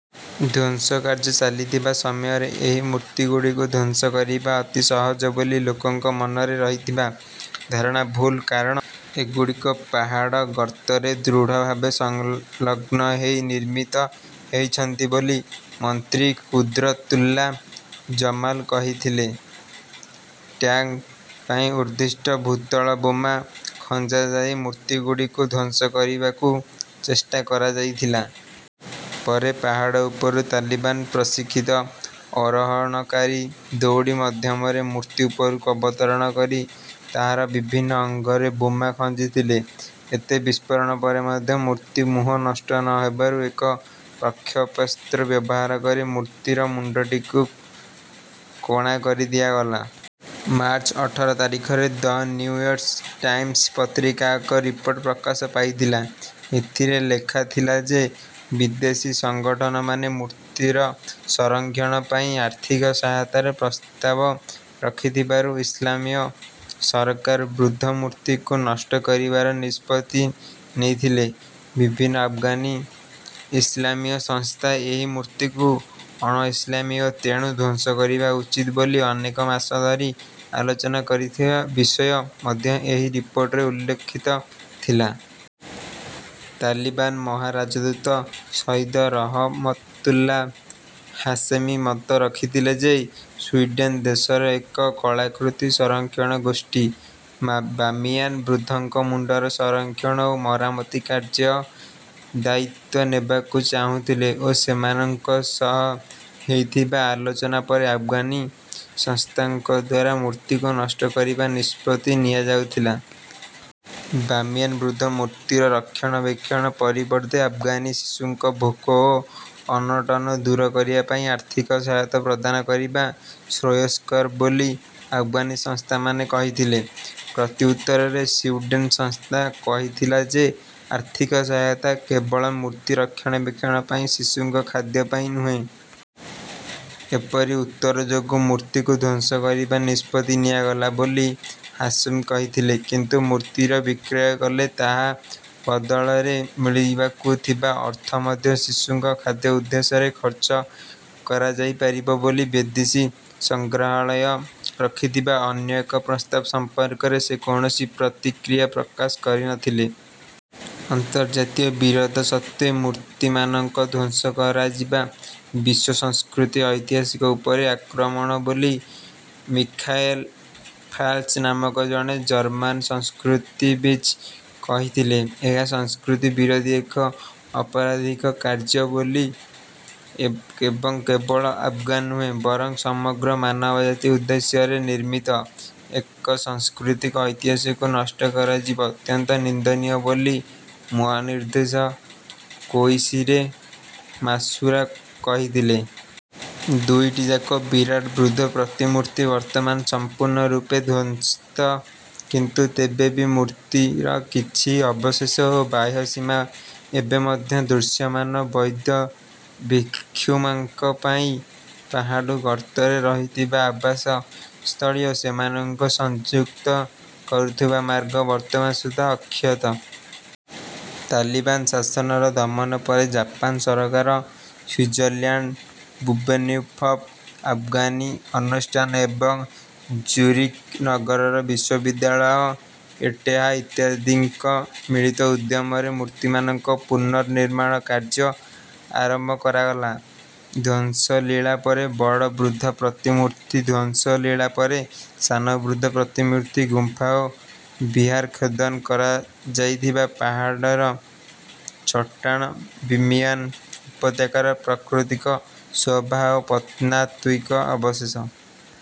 ଧ୍ୱଂସ କାର୍ଯ୍ୟ ଚାଲିଥିବା ସମୟରେ ଏହି ମୂର୍ତ୍ତିଗୁଡ଼ିକୁ ଧ୍ୱଂସ କରିବା ଅତି ସହଜ ବୋଲି ଲୋକଙ୍କ ମନରେ ରହିଥିବା ଧାରଣା ଭୁଲ, କାରଣ ଏଗୁଡ଼ିକ ପାହାଡ଼ ଗର୍ତ୍ତରେ ଦୃଢ଼ ଭାବେ ସଂଲଗ୍ନ ହୋଇ ନିର୍ମିତ ହୋଇଛନ୍ତି ବୋଲି ମନ୍ତ୍ରୀ କୁଦ୍ରତୁଲ୍ଲା ଜମାଲ୍ କହିଥିଲେ। ଟ୍ୟାଂକ୍ ପାଇଁ ଉଦ୍ଦିଷ୍ଟ ଭୂତଳ ବୋମା ଖଞ୍ଜାଯାଇ ମୂର୍ତ୍ତିଗୁଡ଼ିକୁ ଧ୍ୱଂସ କରିବାକୁ ଚେଷ୍ଟା କରାଯାଇଥିଲା। ପରେ ପାହାଡ଼ ଉପରୁ ତାଲିବାନର ପ୍ରଶିକ୍ଷିତ ଆରୋହଣକାରୀ ଦଉଡ଼ି ମାଧ୍ୟମରେ ମୂର୍ତ୍ତି ଉପରକୁ ଅବତରଣ କରି ତାହାର ବିଭିନ୍ନ ଅଙ୍ଗରେ ବୋମା ଖଞ୍ଜିଥିଲେ। ଏତେ ବିସ୍ଫୋରଣ ପରେ ମଧ୍ୟ ମୂର୍ତ୍ତିର ମୁହଁ ନଷ୍ଟ ନ ହେବାରୁ ଏକ ପ୍ରକ୍ଷେପାସ୍ତ୍ର ବ୍ୟବହାର କରି ମୂର୍ତ୍ତିର ମୁଣ୍ଡଟିକୁ କଣା କରିଦିଆଗଲା। ମାର୍ଚ୍ଚ ଅଠର ତାରିଖରେ ଦ ନ୍ୟୁୟର୍କ୍ ଟାଇମ୍ସ ପତ୍ରିକାରେ ଏକ ରିପୋର୍ଟ ପ୍ରକାଶ ପାଇଥିଲା। ଏଥିରେ ଲେଖାଥିଲା ଯେ ବିଦେଶୀ ସଂଗଠନମାନେ ମୂର୍ତ୍ତିର ସଂରକ୍ଷଣ ପାଇଁ ଆର୍ଥିକ ସହାୟତାର ପ୍ରସ୍ତାବ ରଖିଥିବାରୁ ଇସ୍ଲାମୀୟ ସରକାର ବୁଦ୍ଧ ମୂର୍ତ୍ତିକୁ ନଷ୍ଟ କରିବାର ନିଷ୍ପତ୍ତି ନେଇଥିଲେ। ବିଭିନ୍ନ ଆଫଗାନି ଇସ୍ଲାମୀୟ ସଂସ୍ଥା ଏହି ମୂର୍ତ୍ତିକୁ ଅଣ-ଇସ୍ଲାମୀୟ ଓ ତେଣୁ ଧ୍ୱଂସ କରାଯିବା ଉଚିତ ବୋଲି ଅନେକ ମାସ ଧରି ଆଲୋଚନା କରୁଥିବା ବିଷୟ ମଧ୍ୟ ଏହି ରିପୋର୍ଟରେ ଉଲ୍ଲିଖିତ ଥିଲା। ତାଲିବାନ୍ ମହାରାଜଦୂତ ସୈଦ ରହମତୁଲ୍ଲା ହାଶେମି ମତ ରଖିଥିଲେ ଯେ ସ୍ୱିଡେନ୍ ଦେଶର ଏକ କଳାକୃତି ସଂରକ୍ଷଣ ଗୋଷ୍ଠୀ ବାମିୟାନ୍ ବୁଦ୍ଧଙ୍କ ମୁଣ୍ଡର ସଂରକ୍ଷଣ ଓ ମରାମତି କାର୍ଯ୍ୟର ଦାୟିତ୍ତ୍ୱ ନେବାକୁ ଚାହିଁଥିଲେ ଓ ସେମାନଙ୍କ ସହ ହୋଇଥିବା ଆଲୋଚନା ପରେ ଆଫଗାନି ସଂସ୍ଥାଙ୍କଦ୍ୱାରା ମୂର୍ତ୍ତିକୁ ନଷ୍ଟ କରିବାର ନିଷ୍ପତ୍ତି ନିଆଯାଇଥିଲା। ବାମିୟାନ୍ ବୁଦ୍ଧ ମୂର୍ତ୍ତିର ରକ୍ଷଣାବେକ୍ଷଣ ପରିବର୍ତ୍ତେ ଆଫଗାନି ଶିଶୁଙ୍କ ଭୋକ ଓ ଅନଟନ ଦୂର କରିବା ପାଇଁ ଆର୍ଥିକ ସହାୟତା ପ୍ରଦାନ କରିବା ଶ୍ରେୟସ୍କର ବୋଲି ଆଫଗାନି ସଂସ୍ଥାମାନେ କହିଥିଲେ। ପ୍ରତ୍ୟୁତ୍ତରରେ ସ୍ୱିଡେନ୍ର ସଂସ୍ଥା କହିଥିଲା ଯେ ଆର୍ଥିକ ସହାୟତା କେବଳ ମୂର୍ତ୍ତିର ରକ୍ଷଣାବେକ୍ଷଣ ପାଇଁ, ଶିଶୁଙ୍କ ଖାଦ୍ୟ ପାଇଁ ନୁହେଁ। ଏପରି ଉତ୍ତର ଯୋଗୁଁ ମୂର୍ତ୍ତିକୁ ଧ୍ୱଂସ କରିବାର ନିଷ୍ପତ୍ତି ନିଆଗଲା ବୋଲି ହାଶେମି କହିଥିଲେ। କିନ୍ତୁ ମୂର୍ତ୍ତିର ବିକ୍ରୟ କଲେ ତାହା ବଦଳରେ ମିଳିବାକୁ ଥିବା ଅର୍ଥ ମଧ୍ୟ ଶିଶୁଙ୍କ ଖାଦ୍ୟ ଉଦ୍ଦେଶ୍ୟରେ ଖର୍ଚ୍ଚ କରାଯାଇପାରିବ ବୋଲି ବିଦେଶୀ ସଂଗ୍ରହାଳୟ ରଖିଥିବା ଅନ୍ୟ ଏକ ପ୍ରସ୍ତାବ ସମ୍ପର୍କରେ ସେ କୌଣସି ପ୍ରତିକ୍ରିୟା ପ୍ରକାଶ କରିନଥିଲେ। ଅନ୍ତର୍ଜାତୀୟ ବିରୋଧ ସତ୍ତ୍ୱେ ମୂର୍ତ୍ତିମାନଙ୍କ ଧ୍ୱଂସ କରାଯିବା ବିଶ୍ୱ ସାଂସ୍କୃତିକ ଐତିହ୍ୟ ଉପରେ ଆକ୍ରମଣ ବୋଲି ମିଖାଏଲ୍ ଫାଲ୍ସର୍ ନାମକ ଜଣେ ଜର୍ମାନ ସଂସ୍କୃତିବିତ୍ କହିଥିଲେ। ଏହା ସଂସ୍କୃତି ବିରୋଧୀ ଏକ ଅପରାଧିକ କାର୍ଯ୍ୟ ଏବଂ କେବଳ ଆଫଗାନ ନୁହେଁ ବରଂ ସମଗ୍ର ମାନବ ଜାତି ଉଦ୍ଦେଶ୍ୟରେ ନିର୍ମିତ ଏକ ସାଂସ୍କୃତିକ ଐତିହ୍ୟକୁ ନଷ୍ଟ କରାଯିବା ଅତ୍ୟନ୍ତ ନିନ୍ଦନୀୟ ବୋଲି ମହାନିର୍ଦ୍ଦେଶକ କୋଇଶିରୋ ମାତ୍ସୁରା କହିଥିଲେ। ଦୁଇଟି ଯାକ ବିରାଟ ବୁଦ୍ଧ ପ୍ରତିମୂର୍ତ୍ତି ବର୍ତ୍ତମାନ ସମ୍ପୂର୍ଣ୍ଣ ରୂପେ ଧ୍ୱସ୍ତ କିନ୍ତୁ ତେବେ ବି ମୂର୍ତ୍ତିର କିଛି ଅବଶେଷ ଓ ବାହ୍ୟ ସୀମା ଏବେ ମଧ୍ୟ ଦୃଶ୍ୟମାନ। ବୌଦ୍ଧ ଭିକ୍ଷୁମାନଙ୍କ ପାଇଁ ପାହାଡ଼ ଗର୍ତ୍ତରେ ରହିଥିବା ଆବାସ ସ୍ଥଳୀ ଓ ସେମାନଙ୍କୁ ସଂଯୁକ୍ତ କରୁଥିବା ମାର୍ଗ ବର୍ତ୍ତମାନ ସୁଦ୍ଧା ଅକ୍ଷତ। ତାଲିବାନ୍ ଶାସନର ଦମନ ପରେ ଜାପାନ ସରକାର, ସ୍ୱିଜରଲ୍ୟାଣ୍ଡର ବୁବେନ୍ଡର୍ଫ୍ ଆଫଗାନି ଅନୁଷ୍ଠାନ ଏବଂ ଜୁରିକ୍ ନଗରର ବିଶ୍ୱବିଦ୍ୟାଳୟ ଏଟେହା ଇତ୍ୟାଦିଙ୍କ ମିଳିତ ଉଦ୍ୟମରେ ମୂର୍ତ୍ତିମାନଙ୍କ ପୁନଃନିର୍ମାଣ କାର୍ଯ୍ୟ ଆରମ୍ଭ କରାଗଲା। ଧ୍ୱଂସ ଲୀଳା ପରେ ବଡ଼ ବୁଦ୍ଧ ପ୍ରତିମୂର୍ତ୍ତି ଧ୍ୱଂସ ଲୀଳା ପରେ ସାନ ବୁଦ୍ଧ ପ୍ରତିମୂର୍ତ୍ତି ଗୁମ୍ଫା ଓ ବିହାର ଖୋଦନ କରାଯାଇଥିବା ପାହାଡ଼ର ଚଟ୍ଟାଣ ବାମିୟାନ୍ ଉପତ୍ୟକାର ପ୍ରାକୃତିକ ଶୋଭା ଓ ପ୍ରତ୍ନତାତ୍ତ୍ୱିକ ଅବଶେଷ।